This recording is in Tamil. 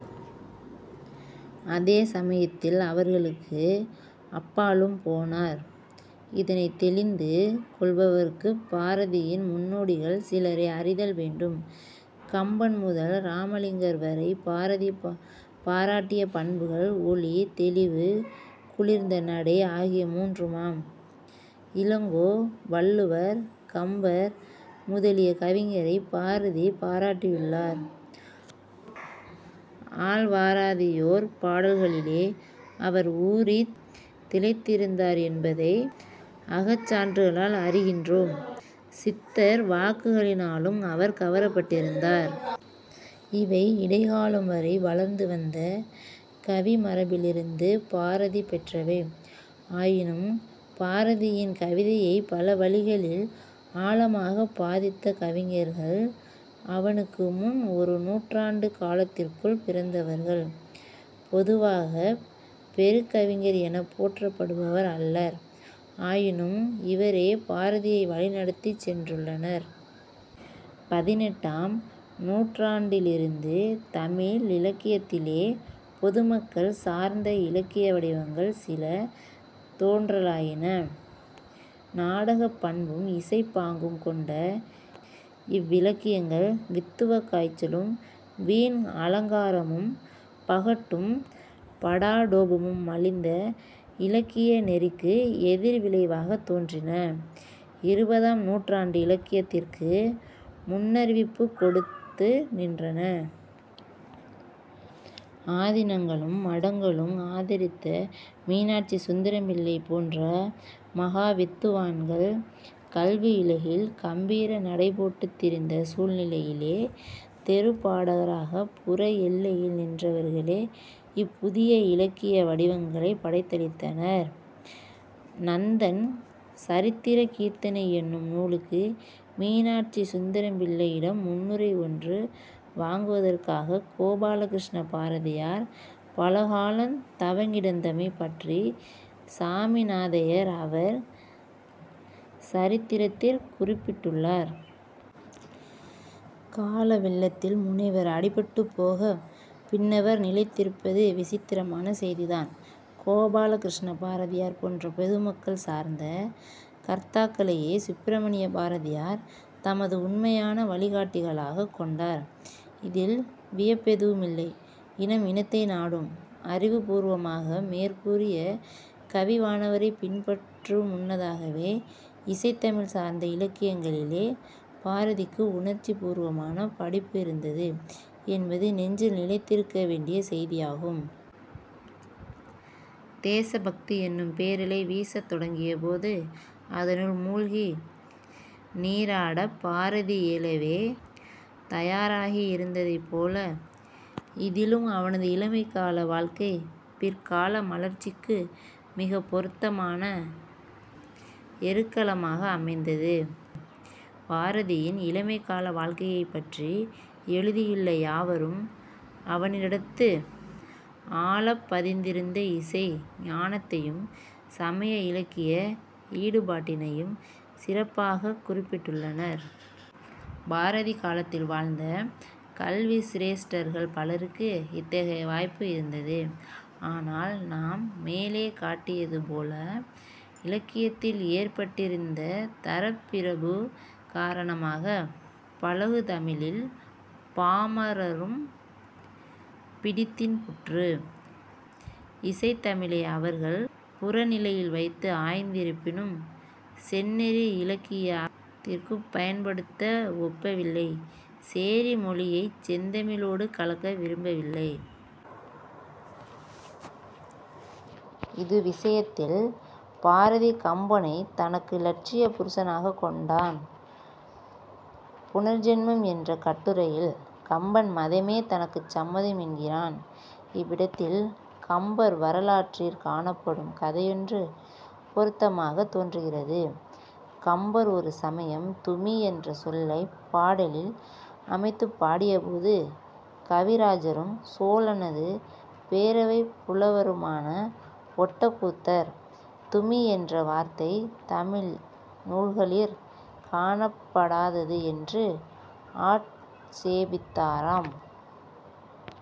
அதே சமயத்தில் அவர்களுக்கு அப்பாலும் போனார். இதனைத் தௌிந்து கொள்வதற்குப் பாரதியின் முன்னோடிகள் சிலரை அறிதல் வேண்டும். கம்பன் முதல் இராமலிங்கர் வரை பாரதி பாராட்டிய பண்புகள் "ஒளி, தௌிவு, குளிர்ந்த நடை" ஆகிய மூன்றுமாம். இளங்கோ, வள்ளுவர், கம்பர் முதலிய கவிஞரைப் பாரதி பாராட்டியுள்ளார்; ஆழ்வாராதியோர் பாடல்களிலே அவர் ஊறித் திளைத்திருந்தார் என்பதை அகச்சான்றுகளால் அறிகின்றோம்; சித்தர் வாக்குகளினாலும் அவர் கவரப்பட்டிருந்தார். இவை இடைக்காலம் வரை வளர்ந்து வந்த கவிமரபிலிருந்து பாரதி பெற்றவை. ஆயினும் பாரதியின் கவிதையைப் பல வழிகளில் ஆழமாகப் பாதித்த கவிஞர்கள் அவனுக்கு முன் ஒரு நூற்றாண்டுக் காலத்திற்குள் பிறந்தவர்கள். பொதுவாகப் "பெருங் கவிஞர்" எனப் போற்றப்படுவர் அல்லர். ஆயினும் இவரே பாரதியை வழி நடத்திச் சென்றுள்ளனர். பதினெட்டாம் நூற்றாண்டிலிருந்து தமிழிலக்கியத்திலே பொதுமக்கள் சார்ந்த இலக்கிய வடிவங்கள் சில தோன்றலாயின. நாடகப் பண்பும் இசைப் பாங்கும் கொண்ட இவ்விலக்கியங்கள், வித்துவக் காய்ச்சலும் வீண் அலங்காரமும், பகட்டும், படாடோபமும் மலிந்த இலக்கிய நெறிக்கு எதிர் விளைவாகத் தோன்றின. இருபதாம் நூற்றாண்டு இலக்கியத்திற்கு முன்னறிவிப்புக் கொடுத்து நின்றன. ஆதினங்களும் மடங்களும் ஆதரித்த மீனாட்சி சுந்தரம்பிள்ளை போன்ற மகாவித்துவான்கள் கல்வியுலகில் கம்பீர நடைபோட்டுத் திரிந்த சூழ்நிலையிலே, 'தெருப்பாடக'ராகப் புற எல்லையில் நின்றவர்களே இப்புதிய இலக்கிய வடிவங்களைப் படைத்தளித்தனர். நந்தன் சரித்திரக் கீர்த்தனை என்னும் நூலுக்கு மீனாட்சி சுந்தரம்பிள்ளையிடம் முன்னுரை ஒன்று வாங்குவதற்காகக் கோபாலகிருஷ்ண பாரதியார் பலகாலந் 'தவங்கிடந்தமை' பற்றிச் சாமிநாதையர் அவர் சரித்திரத்திற் குறிப்பிட்டுள்ளார். காலவெள்ளத்தில் முனைவர் அடிபட்டுப் போகப் பின்னவர் நிலைத்திருப்பது விசித்திரமான செய்திதான். கோபாலகிருஷ்ண பாரதியார் போன்ற பொதுமக்கள் சார்ந்த கர்த்தாக்களையே சுப்பிரமணிய பாரதியார் தமது உண்மையான வழிகாட்டிகளாகக் கொண்டார். இதில் வியப்பெதுவுமில்லை. இனம் இனத்தை நாடும். அறிவு பூர்வமாக மேற்கூறிய கவிவாணரைப் பின்பற்று முன்பதாகவே இசைத்தமிழ் சார்ந்த இலக்கியங்களிலே பாரதிக்கு உணர்ச்சி பூர்வமான படிப்பு இருந்தது என்பது நெஞ்சில் நிலைநிறுத்த வேண்டிய செய்தியாகும். தேசபக்தி என்னும் பேரலை வீசத் தொடங்கியபோது, அதனுள் மூழ்கி நீராடப் பாரதி ஏலவே தயாராகியிருந்ததைப் போல, இதிலும் அவனது இளமைக்கால வாழ்க்கை பிற்கால மலர்ச்சிக்கு மிகப் பொருத்தமான எருக்களமாக அமைந்தது. பாரதியின் இளமைக்கால வாழ்க்கையைப் பற்றி எழுதியுள்ள யாவரும், அவனிடத்து ஆழப் பதிந்திருந்த இசை ஞானத்தையும், சமய இலக்கிய ஈடுபாட்டினையும் சிறப்பாகக் குறிப்பிட்டுள்ளனர். பாரதி காலத்தில் வாழ்ந்த கல்வி சிரேஷ்டர்கள் பலருக்கு இத்தகைய வாய்ப்பு இருந்தது. ஆனால் நாம் மேலே காட்டியது போல இலக்கியத்தில் ஏற்பட்டிருந்த தரப்பிரிபு காரணமாக 'பழகுதமிழில்' பாமரரும் பிடித்தின்புற்று இசைத் தமிழை அவர்கள் புறநிலையில் வைத்து ஆய்ந்திருப்பினும், "செந்நெறி" இலக்கிய ஆக்கத்திற்குப் பயன்படுத்த ஒப்பவில்லை. 'சேரி மொழியை'ச் செந்தமிழோடு கலக்க விரும்பவில்லை. இது விஷயத்தில் பாரதி கம்பனைத் தனக்கு இலட்சிய புருஷனாகக் கொண்டான். புனர்ஜென்மம் என்ற கட்டுரையில் கம்பன் மதமே தனக்குச் சம்மதம் என்கிறான். இவ்விடத்தில் கம்பர் வரலாற்றிற் காணப்படும் கதையொன்று பொருத்தமாகத் தோன்றுகிறது. கம்பர் ஒரு சமயம் 'துமி' என்ற சொல்லைப் பாடலில் அமைத்துப் பாடியபோது, கவிராஜரும் சோழனது பேரவைப் புலவருமான ஒட்டக்கூத்தர் "துமி" என்ற வார்த்தை தமிழ் நூல்களிற் காணப்படாதது என்று ஆட்சேபித்தாராம்.